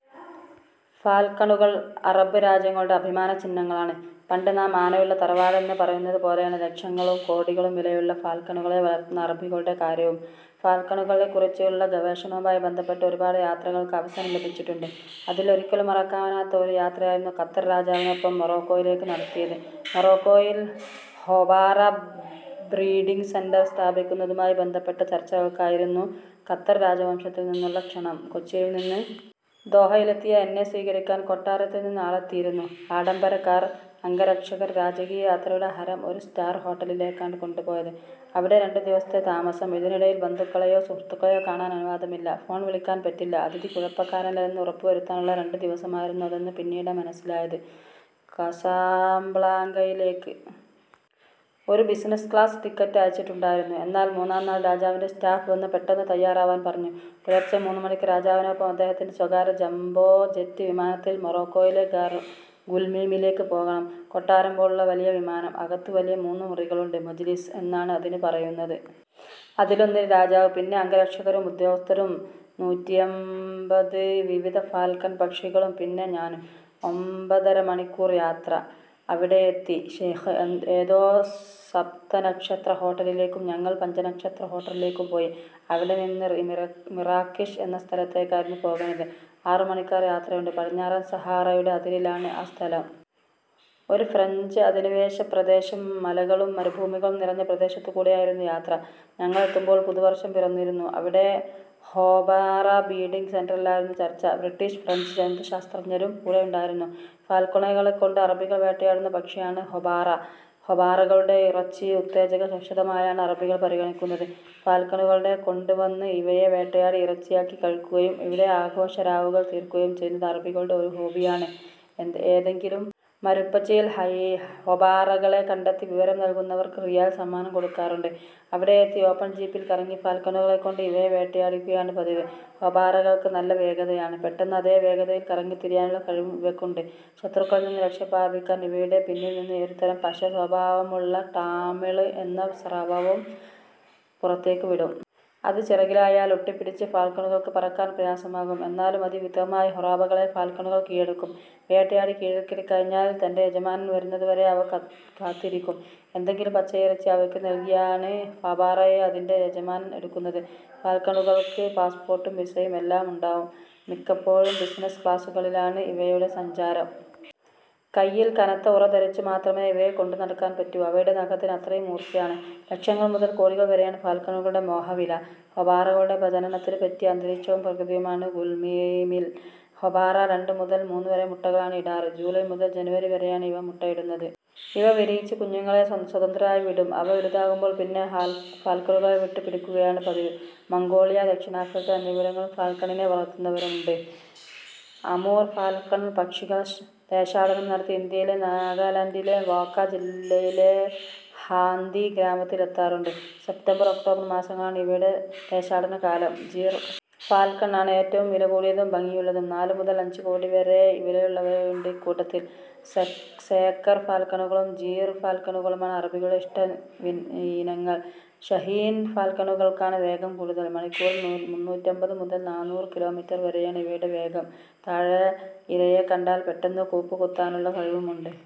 ഫാൽക്കണുകൾ അറബ് രാജ്യങ്ങളുടെ അഭിമാനചിഹ്നങ്ങളാണ്. പണ്ട് നാം ആനയുള്ള തറവാടെന്ന് പറയുന്നതുപോലെയാണ് ലക്ഷങ്ങളും കോടികളും വിലയുള്ള ഫാൽക്കണുകളെ വളർത്തുന്ന അറബികളുടെ കാര്യവും. ഫാൽക്കണുകളെക്കുറിച്ചുള്ള ഗവേഷണവുമായി ബന്ധപ്പെട്ട് ഒരുപാട് യാത്രകൾക്ക് അവസരം ലഭിച്ചിട്ടുണ്ട്. അതിൽ ഒരിക്കലും മറക്കാനാവാത്ത ഒരു യാത്രയായിരുന്നു ഖത്തർ രാജാവിനൊപ്പം മൊറോക്കോയിലേക്ക് നടത്തിയത്. മൊറോക്കോയിൽ ഹൊബാറ ബ്രീഡിങ് സെന്റർ സ്ഥാപിക്കുന്നതുമായി ബന്ധപ്പെട്ട ചർച്ചകൾക്കായിരുന്നു ഖത്തർ രാജവംശത്തിൽനിന്നുള്ള ക്ഷണം. കൊച്ചിയിൽനിന്ന് ദോഹയിലെത്തിയ എന്നെ സ്വീകരിക്കാൻ കൊട്ടാരത്തിൽനിന്ന് ആളെത്തിയിരുന്നു. ആഡംബര കാർ, അംഗരക്ഷകർ, രാജകീയ യാത്രയുടെ ഹരം. ഒരു സ്റ്റാർ ഹോട്ടലിലേക്കാണ് കൊണ്ടുപോയത്. അവിടെ രണ്ടുദിവസത്തെ താമസം. ഇതിനിടയിൽ ബന്ധുക്കളെയോ സുഹൃത്തുക്കളെയോ കാണാൻ അനുവാദമില്ല. ഫോൺ വിളിക്കാൻ പറ്റില്ല. അതിഥി കുഴപ്പക്കാരനല്ലെന്ന് ഉറപ്പുവരുത്താനുള്ള രണ്ട് ദിവസമായിരുന്നു അതെന്ന് പിന്നീടാണ് മനസ്സിലായത്. കാസാബ്ലാങ്കയിലേക്ക് ഒരു ബിസിനസ് ക്ലാസ് ടിക്കറ്റ് അയച്ചിട്ടുണ്ടായിരുന്നു. എന്നാൽ മൂന്നാംനാൾ രാജാവിൻ്റെ സ്റ്റാഫ് വന്ന് പെട്ടെന്ന് തയ്യാറാവാൻ പറഞ്ഞു. പുലർച്ചെ മൂന്നുമണിക്ക് രാജാവിനൊപ്പം അദ്ദേഹത്തിൻ്റെ സ്വകാര്യ ജംബോ ജെറ്റ് വിമാനത്തിൽ മൊറോക്കോയിലെ ഗുൽമീമിലേക്ക് പോകണം. കൊട്ടാരം പോലുള്ള വലിയ വിമാനം. അകത്ത് വലിയ മൂന്ന് മുറികളുണ്ട്. മജ്ലിസ് എന്നാണ് ഇതിനെ പറയുന്നത്. അതിലൊന്നിൽ രാജാവ്. പിന്നെ അംഗരക്ഷകരും ഉദ്യോഗസ്ഥരും നൂറ്റിയെൺപത് വിവിധ ഫാൽക്കൺ പക്ഷികളും പിന്നെ ഞാനും. ഒമ്പതര മണിക്കൂർ യാത്ര. അവിടെയെത്തി. ഷെയ്ഖ് ഏതോ സപ്തനക്ഷത്ര ഹോട്ടലിലേക്കും ഞങ്ങൾ പഞ്ചനക്ഷത്ര ഹോട്ടലിലേക്കും പോയി. അവിടെനിന്ന് മിറാക്കിഷ് എന്ന സ്ഥലത്തേക്കായിരുന്നു പോകേണ്ടത്. ആറുമണിക്കൂർ യാത്രയുണ്ട്. പടിഞ്ഞാറൻ സഹാറയുടെ അതിരിലാണ് ആ സ്ഥലം. ഒരു ഫ്രഞ്ച് അധിനിവേശ പ്രദേശം. മലകളും മരുഭൂമികളും നിറഞ്ഞ പ്രദേശത്തുകൂടെയായിരുന്നു യാത്ര. ഞങ്ങളെത്തുമ്പോൾ പുതുവർഷം പിറന്നിരുന്നു. അവിടെ ഹൊബാറ ബ്രീഡിങ് സെന്ററിലായിരുന്നു ചർച്ച. British, French ജന്തുശാസ്ത്രജ്ഞരും കൂടെയുണ്ടായിരുന്നു. ഫാൽക്കണുകളെക്കൊണ്ട് അറബികൾ വേട്ടയാടുന്ന പക്ഷിയാണ് ഹൊബാറ. ഹൊബാറകളുടെ ഇറച്ചി ഉത്തേജക ഔഷധമായാണ് അറബികൾ പരിഗണിക്കുന്നത്. ഫാൽക്കണുകളെ കൊണ്ടുവന്ന് ഇവയെ വേട്ടയാടി ഇറച്ചിയാക്കി കഴിക്കുകയും അവിടെ ആഘോഷരാവുകൾ തീർക്കുകയും ചെയ്യുന്നത് അറബികളുടെ ഒരു ഹോബിയാണ്. ഏതെങ്കിലും മരുപ്പച്ചയിൽ ഹൊബാറകളെ കണ്ടെത്തി വിവരം നൽകുന്നവർക്ക് റിയാൽ സമ്മാനം കൊടുക്കാറുണ്ട്. അവിടെയെത്തി ഓപ്പൺ ജീപ്പിൽ കറങ്ങി ഫാൽക്കണുകളെക്കൊണ്ട് ഇവയെ വേട്ടയാടിക്കുകയാണ് പതിവ്. ഹൊബാറകൾക്ക് നല്ല വേഗതയാണ്. പെട്ടെന്ന് അതേ വേഗത്തിൽ കറങ്ങിത്തിരിയാനുള്ള കഴിവും ഇവയ്ക്കുണ്ട്. ശത്രുക്കളിൽനിന്ന് രക്ഷപ്രാപിക്കാൻ ഇവയുടെ പിന്നിൽനിന്ന് ഒരുതരം പശ സ്വഭാവമുള്ള ടാമിള് എന്ന സ്രവവും പുറത്തേക്ക് വിടും. അത് ചിറകിലായാൽ ഒട്ടിപ്പിടിച്ച് ഫാൽക്കണുകൾക്ക് പറക്കാൻ പ്രയാസമാകും. എന്നാലും അതിവിദഗ്ധമായി ഹൊബാറകളെ ഫാൽക്കണുകൾ കീഴടക്കും. വേട്ടയാടി കീഴടക്കിക്കഴിഞ്ഞാൽ തൻ്റെ യജമാനൻ വരുന്നതുവരെ അവ കാത്തിരിക്കും. എന്തെങ്കിലും പച്ചയിറച്ചി അവയ്ക്ക് നൽകിയാണ് ഹൊബാറയെ അതിൻ്റെ യജമാനൻ എടുക്കുന്നത്. ഫാൽക്കണുകൾക്ക് പാസ്‌പോർട്ടും വിസയും എല്ലാം ഉണ്ടാവും. മിക്കപ്പോഴും ബിസിനസ് ക്ലാസുകളിലാണ് ഇവയുടെ സഞ്ചാരം. കയ്യിൽ കനത്ത ഉറ ധരിച്ചുമാത്രമേ ഇവയെ കൊണ്ടുനടക്കാൻ പറ്റൂ. അവയുടെ നഖത്തിന് അത്രയും മൂർച്ചയാണ്. ലക്ഷങ്ങൾ മുതൽ കോടികൾ വരെയാണ് ഫാൽക്കണുകളുടെ മോഹവില. ഹൊബാറകളുടെ പ്രജനനത്തിന് പറ്റിയ അന്തരീക്ഷവും പ്രകൃതിയുമാണ് ഗുൽമീമിൽ. ഹൊബാറ രണ്ട് മുതൽ മൂന്നുവരെ മുട്ടകളാണ് ഇടാറ്. ജൂലൈ മുതൽ ജനുവരി വരെയാണ് ഇവ മുട്ടയിടുന്നത്. ഇവ വിരിയിച്ച് കുഞ്ഞുങ്ങളെ സ്വതന്ത്രരായി വിടും. അവ വലുതാകുമ്പോൾ പിന്നെ ഫാൽക്കണുകളെ വിട്ട് പിടികൂടുകയാണ് പതിവ്. മംഗോളിയ, ദക്ഷിണാഫ്രിക്ക എന്നിവിടങ്ങളിലും ഫാൽക്കണിനെ വളർത്തുന്നവരുണ്ട്. അമൂർ ഫാൽക്കൺ പക്ഷികൾ ദേശാടനം നടത്തി ഇന്ത്യയിൽ നാഗാലാൻഡിലെ വോക്ക ജില്ലയിലെ ഹാന്ഥി ഗ്രാമത്തിൽ എത്താറുണ്ട്. സെപ്റ്റംബർ, ഒക്ടോബർ മാസങ്ങളാണ് ഇവയുടെ ദേശാടനകാലം. ജിർ ഫാൽക്കൺ ആണ് ഏറ്റവും വിലകൂടിയതും ഭംഗിയുള്ളതും. നാല് മുതൽ അഞ്ച് കോടി വരെ വിലയുള്ളവയുണ്ട് ഇക്കൂട്ടത്തിൽ. സേക്കർ ഫാൽക്കണുകളും ജിർ ഫാൽക്കണുകളുമാണ് അറബികളുടെ ഇഷ്ടയിനങ്ങൾ. ഷാഹീൻ ഫാൽക്കണുകൾക്കാണ് വേഗം കൂടുതൽ. മണിക്കൂറിൽ മുന്നൂറ്റമ്പത് മുതൽ നാനൂറ് കിലോമീറ്റർ വരെയാണ് ഇവയുടെ വേഗം. താഴെ ഇരയെ കണ്ടാൽ പെട്ടെന്ന് കൂപ്പുകുത്താനുള്ള കഴിവുമുണ്ട്.